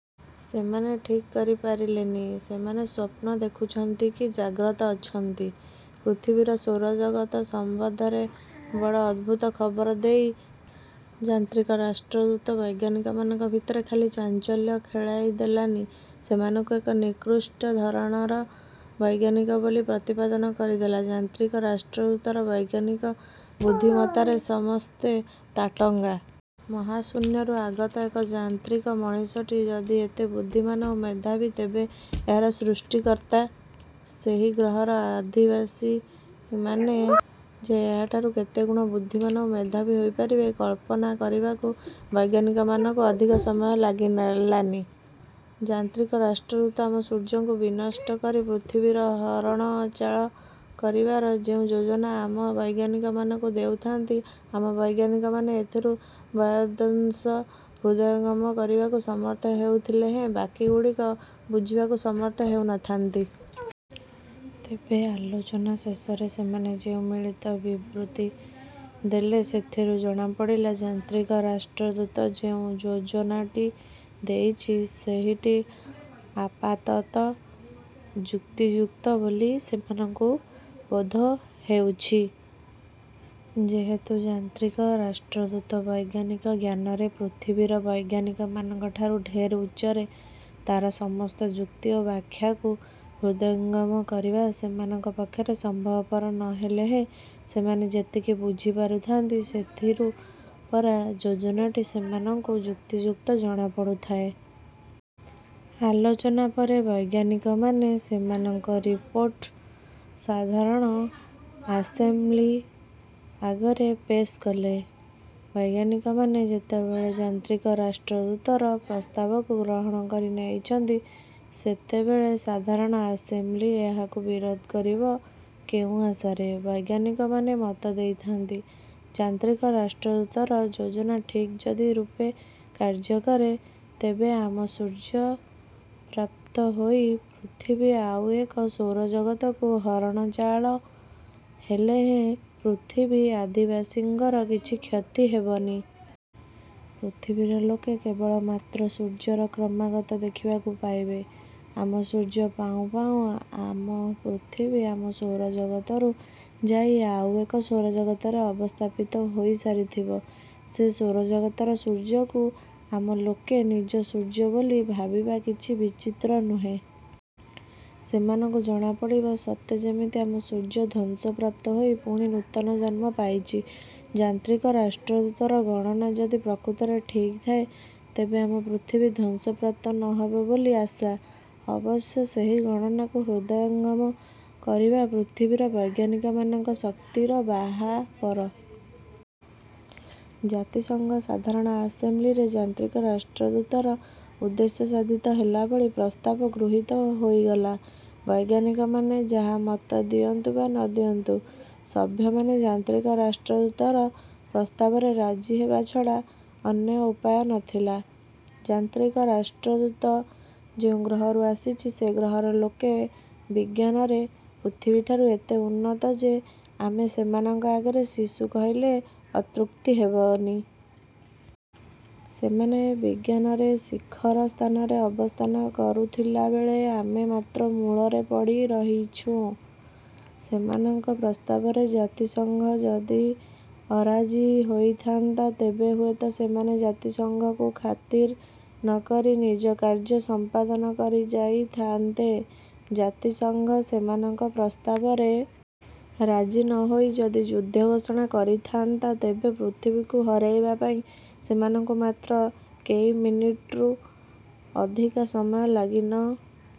ସେମାନେ ଠିକ୍ କରିପାରିଲେନି, ସେମାନେ ସ୍ୱପ୍ନ ଦେଖୁଛନ୍ତି କି ଜାଗ୍ରତ ଅଛନ୍ତି! ପୃଥିବୀର ସୌରଜଗତ ସମ୍ବନ୍ଧରେ ବଡ଼ ଅଦ୍ଭୁତ ଖବର ଦେଇ ଯାନ୍ତ୍ରିକ ରାଷ୍ଟ୍ରଦୂତ ବୈଜ୍ଞାନିକମାନଙ୍କ ଭିତରେ ଖାଲି ଚାଞ୍ଚଲ୍ୟ ଖେଳାଇଦେଲାନି, ସେମାନଙ୍କୁ ଏକ ନିକୃଷ୍ଟ ଧରଣର ବୈଜ୍ଞାନିକ ବୋଲି ପ୍ରତିପାଦନ କରିଦେଲା। ଯାନ୍ତ୍ରିକ ରାଷ୍ଟ୍ରଦୂତର ବୈଜ୍ଞାନିକ ବୃଦ୍ଧିମତ୍ତାରେ ସମସ୍ତେ ତାଟଙ୍ଗା। ମହାଶୂନ୍ୟରୁ ଆଗତ ଏହି ଯାନ୍ତ୍ରିକ ମଣିଷଟି ଯଦି ଏତେ ବୁଦ୍ଧିମାନ ଓ ମେଧାବୀ ତେବେ ଏହାର ସୃଷ୍ଟିକର୍ତ୍ତା, ସେହି ଗ୍ରହର ଅଧିବାସୀମାନେ ଯେ ଏହାଠାରୁ କେତେ ଗୁଣ ବୁଦ୍ଧିମାନ ଓ ମେଧାବୀ ହୋଇଥିବେ କଳ୍ପନା କରିବାକୁ ବୈଜ୍ଞାନିକମାନଙ୍କୁ ଅଧିକ ସମୟ ଲାଗିଲାନି। ଯାନ୍ତ୍ରିକ ରାଷ୍ଟ୍ରଦୂତ ଆମ ସୂର୍ଯ୍ୟକୁ ବିନଷ୍ଟ କରି ପୃଥିବୀକୁ ହରଣଚାଳ କରିବାର ଯେଉଁ ଯୋଜନା ଆମ ବୈଜ୍ଞାନିକମାନଙ୍କୁ ଦେଉଥାନ୍ତି, ଆମ ବୈଜ୍ଞାନିକମାନେ ସେଥିରୁ ବିୟଦ୍ଦଂଶ ହୃଦୟଙ୍ଗମ କରିବାକୁ ସମର୍ଥ ହେଉ ଥିଲେହେଁ ବାକିଗୁଡ଼ିକ ବୁଝିବାକୁ ସମର୍ଥ ହେଉ ନ ଥାନ୍ତି। ତେବେ ଆଲୋଚନା ଶେଷରେ ସେମାନେ ଯେଉଁ ମିଳିତ ବିବୃତି ଦେଲେ ସେଥିରୁ ଜଣାପଡ଼ିଲା ଯାନ୍ତ୍ରିକ ରାଷ୍ଟ୍ରଦୂତ ଯେଉଁ ଯୋଜନାଟି ଦେଇଛି, ସେହିଟି ଆପାତତଃ ଯୁକ୍ତିଯୁକ୍ତ ବୋଲି ସେମାନଙ୍କୁ ବୋଧହେଉଛି। ଯେହେତୁ ଯାନ୍ତ୍ରିକ ରାଷ୍ଟ୍ରଦୂତ ବୈଜ୍ଞାନିକ ଜ୍ଞାନରେ ପୃଥିବୀର ବୈଜ୍ଞାନିକମାନଙ୍କରଠାରୁ ଢେର ଉଚ୍ଚରେ, ତାର ସମସ୍ତ ଯୁକ୍ତି ଓ ବ୍ୟାଖ୍ୟାକୁ ହୃଦୟଙ୍ଗମ କରିବା ସେମାନଙ୍କ ପକ୍ଷରେ ସମ୍ଭବପର ନ ହେଲେହେଁ ସେମାନେ ଯେତିକି ବୁଝି ପାରୁଥାନ୍ତି, ସେଥିରୁ ପରା ଯୋଜନାଟି ସେମାନଙ୍କୁ ଯୁକ୍ତିଯୁକ୍ତ ଜଣାପଡ଼ୁଥାଏ। ଆଲୋଚନା ପରେ ବୈଜ୍ଞାନିକମାନେ ସେମାନଙ୍କ ରିପୋର୍ଟ ସାଧାରଣ ଆସେମ୍ବ୍ଲି ଆଗରେ ପେଶ୍ କଲେ। ବୈଜ୍ଞାନିକମାନେ ଯେତେବେଳେ ଯାନ୍ତ୍ରିକ ରାଷ୍ଟ୍ରଦୂତର ପ୍ରସ୍ତାବକୁ ଗ୍ରହଣ କରି ନେଇଛନ୍ତି, ସେତେବେଳେ ସାଧାରଣ ଆସେମ୍ବ୍ଲି ଏହାକୁ ବିରୋଧ କରିବ କେଉଁ ଆଶାରେ! ବୈଜ୍ଞାନିକମାନେ ମତ ଦେଇଥାନ୍ତି, ଯାନ୍ତ୍ରିକ ରାଷ୍ଟ୍ରଦୂତର ଯୋଜନା ଠିକ୍ ଯଦି ରୂପେ କାର୍ଯ୍ୟ କରେ, ତେବେ ଆମ ସୂର୍ଯ୍ୟ ପ୍ରାପ୍ତ ହୋଇ ପୃଥିବୀ ଆଉ ଏକ ସୌରଜଗତକୁ ହରଣଚାଳ ହେଲେହେଁ ପୃଥିବୀ ଅଧିବାସୀଙ୍କର କିଛି କ୍ଷତି ହେବନି। ପୃଥିବୀର ଲୋକେ କେବଳ ମାତ୍ର ସୂର୍ଯ୍ୟର କ୍ରମାଗତ ଦେଖିବାକୁ ପାଇବେ। ଆମ ସୂର୍ଯ୍ୟ ପାଉଁ ପାଉଁ ଆମ ପୃଥିବୀ ଆମ ସୌରଜଗତରୁ ଯାଇ ଆଉ ଏକ ସୌରଜଗତରେ ଅବସ୍ଥାପିତ ହୋଇ ସାରିଥିବ। ସେ ସୌରଜଗତର ସୂର୍ଯ୍ୟକୁ ଆମ ଲୋକେ ନିଜ ସୂର୍ଯ୍ୟ ବୋଲି ଭାବିବା କିଛି ବିଚିତ୍ର ନୁହେଁ। ସେମାନଙ୍କୁ ଜଣାପଡ଼ିବ ସତେ ଯେମିତି ଆମ ସୂର୍ଯ୍ୟ ଧ୍ୱଂସ ପ୍ରାପ୍ତ ହୋଇ ପୁଣି ନୂତନ ଜନ୍ମ ପାଇଛି। ଯାନ୍ତ୍ରିକ ରାଷ୍ଟ୍ରଦୂତର ଗଣନା ଯଦି ପ୍ରକୃତରେ ଠିକ୍ ଥାଏ ତେବେ ଆମ ପୃଥିବୀ ଧ୍ୱଂସ ପ୍ରାପ୍ତ ନ ହେବ ବୋଲି ଆଶା। ଅବଶ୍ୟ ସେହି ଗଣନାକୁ ହୃଦୟଙ୍ଗମ କରିବା ପୃଥିବୀର ବୈଜ୍ଞାନିକମାନଙ୍କ ଶକ୍ତିର ବାହାପର। ଜାତିସଂଘ ସାଧାରଣ ଆସେମ୍ବ୍ଲିରେ ଯାନ୍ତ୍ରିକ ରାଷ୍ଟ୍ରଦୂତର ଉଦ୍ଦେଶ୍ୟ ସାଧିତ ହେଲାଭଳି ପ୍ରସ୍ତାବ ଗୃହୀତ ହୋଇଗଲା। ବୈଜ୍ଞାନିକମାନେ ଯାହା ମତ ଦିଅନ୍ତୁ ବା ନ ଦିଅନ୍ତୁ ସଭ୍ୟମାନେ ଯାନ୍ତ୍ରିକ ରାଷ୍ଟ୍ରଦୂତର ପ୍ରସ୍ତାବରେ ରାଜି ହେବା ଛଡ଼ା। ଅନ୍ୟ ଉପାୟ ନ ଥିଲା। ଯାନ୍ତ୍ରିକ ରାଷ୍ଟ୍ରଦୂତ ଯେଉଁ ଗ୍ରହରୁ ଆସିଛି, ସେ ଗ୍ରହର ଲୋକେ ବିଜ୍ଞାନରେ ପୃଥିବୀଠାରୁ ଏତେ ଉନ୍ନତ ଯେ ଆମେ ସେମାନଙ୍କ ଆଗରେ ଶିଶୁ କହିଲେ ଅତ୍ୟୁକ୍ତି ହେବନି। ସେମାନେ ବିଜ୍ଞାନରେ ଶିଖର ସ୍ଥାନରେ ଅବସ୍ଥାନ କରୁଥିଲାବେଳେ ଆମେ ମାତ୍ର ମୂଳରେ ପଡ଼ି ରହିଛୁଁ। ସେମାନଙ୍କ ପ୍ରସ୍ତାବରେ ଜାତିସଂଘ ଯଦି ଅରାଜି ହୋଇଥାନ୍ତା ତେବେ ହୁଏତ ସେମାନେ ଜାତିସଂଘକୁ ଖାତିର ନ କରି ନିଜ କାର୍ଯ୍ୟ ସଂପାଦନ କରି ଯାଇ ଥାଆନ୍ତେ। ଜାତିସଂଘ ସେମାନଙ୍କ ପ୍ରସ୍ତାବରେ ରାଜି ନ ହୋଇ ଯଦି ଯୁଦ୍ଧ ଘୋଷଣା କରିଥାନ୍ତା ତେବେ ପୃଥିବୀକୁ ହରାଇବା ପାଇଁ ସେମାନଙ୍କୁ ମାତ୍ର କେଇ ମିନିଟ୍ରୁ ଅଧିକା ସମୟ ଲାଗି ନ